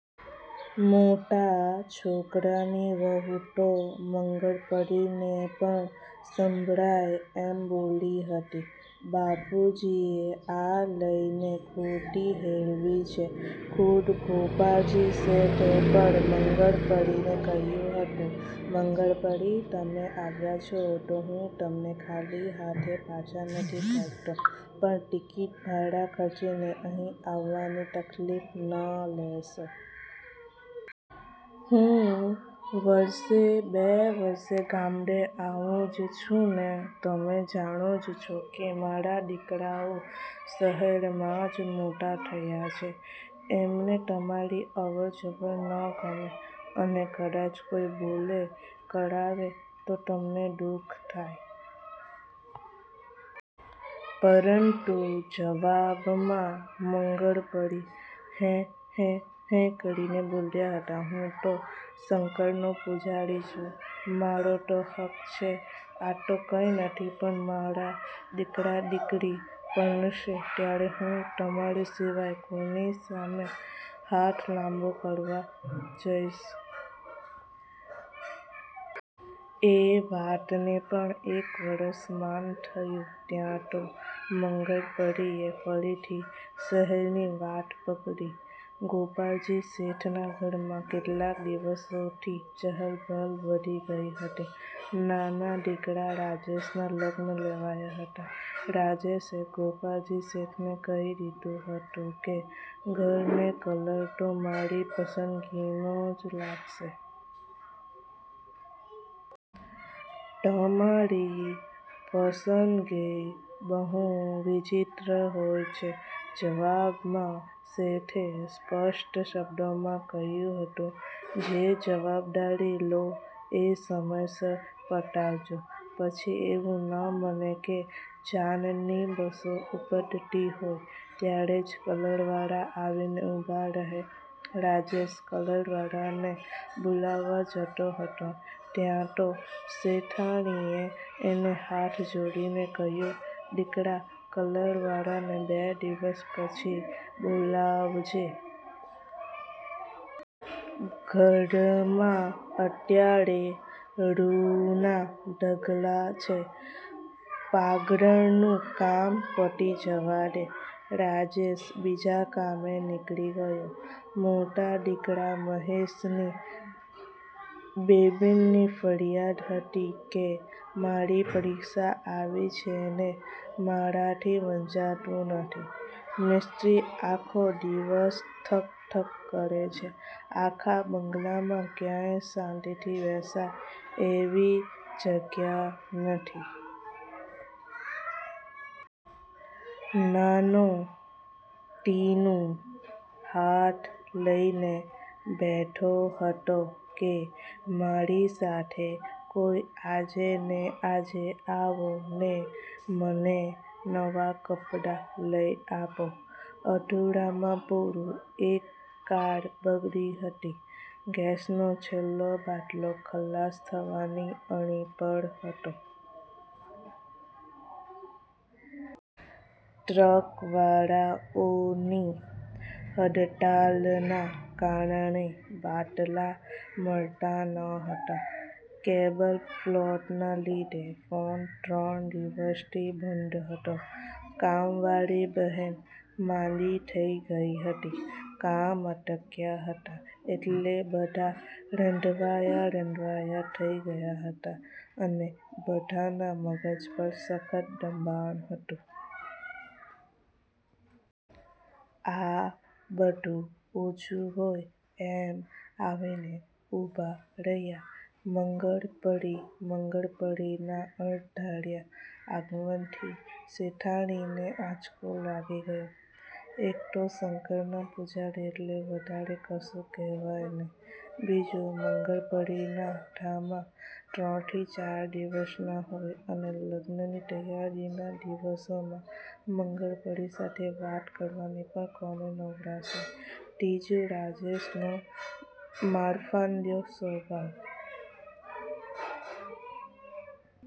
મોટા છોકરાની વહુ તો મંગળપરીને પણ સંભળાય એમ બોલી હતી, "બાપુજીએ આ લઈને ખોટી હેળવી છે." ખુદ ગોપાળજી શેઠે પણ મંગળપરીને કહ્યું હતું, "મંગળપરી, તમે આવ્યા છો તો હું તમને ખાલી હાથે પાછા નથી કાઢતો, પણ ટિકિટભાડાં ખર્ચીને અહીં આવવાની તકલીફ ન લેશો. હું વરસે, બે વરસે ગામડે આવું જ છુંને? તમે જાણો જ છો કે મારા દીકરાઓ શહેરમાં જ મોટા થયા છે. એમને તમારી અવરજવર ન ગમે અને કદાચ કોઈ બોલે કરાવે તો તમને દુઃખ થાય." પરંતુ જવાબમાં મંગળપરી હેં-હેં-હેં કરીને બોલ્યા હતા,"હું તો શંકરનો પૂજારી છું. મારો તો હક છે. આ તો કાંઈ નથી, પણ મારા દીકરા-દીકરી પરણશે ત્યારે હું તમાંરી સિવાય કોની સામે હાથ લાંબો કરવા જઈશ?" એ વાતને પણ એક વરસ માંડ થયું ત્યાં તો મંગળપરીએ ફરીથી શહેરની વાટ પકડી. ગોપાળજી શેઠના ઘરમાં કેટલાક દિવસોથી ચહલ-પહલ વધી ગઈ હતી. નાના દીકરા રાજેશનાં લગ્ન લેવાયાં હતાં. રાજેશે ગોપાળજી શેઠને કહી દીધું હતું કે, "ઘરને કલર તો મારી પસંદગીનો જ લાગશે. તમારી પસંદગી બહુ વિચિત્ર હોય છે." જવાબમાં શેઠે સ્પષ્ટ શબ્દોમાં કહ્યું હતું,"જે જવાબદારી લો એ સમયસર પતાવજો. પછી એવું ન બને કે જાનની બસો ઉપડતી હોય ત્યારે જ કલરવાળા આવીને ઊભા રહે." રાજેશ કલરવાળાને બોલાવવા જતો હતો ત્યાં તો શેઠાણીએ એને હાથ જોડીને કહ્યું,"દીકરા, કલરવાળાને બે દિવસ પછી બોલાવજે. ઘરમાં અત્યારે રૂ ના ઢગલા છે. પાગરણનું કામ પતી જવા દે." રાજેશ બીજા કામે નીકળી ગયો. મોટા દીકરા મહેશની બેબીની ફરિયાદ હતી કે "મારી પરીક્ષા આવી છે ને મારાથી વંચાતું નથી, મિસ્ત્રી આખો દિવસ ઠક-ઠક કરે છે, આખા બંગલામાં ક્યાંય શાંતિથી બેસાય એવી જગ્યા નથી." નાનો ટીનું હાથ લઈને બેઠો હતો કે,"મારી સાથે કોઈ આજે ને આજે આવો ને મને નવાં કપડાં લઈ આપો." અધૂરામાં પૂરું એક કાર બગડી હતી. ગેસનો છેલ્લો બાટલો ખલાસ થવાની અણી પર હતો. ટ્રકવાળાઓની હડતાલના કારણે બાટલા મળતા નહોતા. કેબલપ્લોટના લીધે ફોન ત્રણ દિવસથી બંધ હતો. કામવાળી બહેન માંદી થઈ ગઈ હતી. કામ અટક્યાં હતાં એટલે બધાં રંધવાયા-રંધવાયાં થઈ ગયાં હતાં, અને બધાનાં મગજ પર સખત દબાણ હતું. આ બધું ઓછું હોય એમ આવીને ઊભા રહ્યા મંગળપરી. મંગળપરીના અણધાર્યા આગમનથી શેઠાણીને આંચકો લાગી ગયો. એક તો શંકરના પૂજારી એટલે વધારે કશું કહેવાય નહિ. બીજું, મંગળપરીના ધામા ત્રણથી ચાર દિવસના હોય અને લગ્નની તૈયારીના દિવસોમાં મંગળપરી સાથે વાત કરવાની પણ કોને નવરાશ હોય? ત્રીજું, રાજેશનો મારફાંડીયો સ્વભાવ.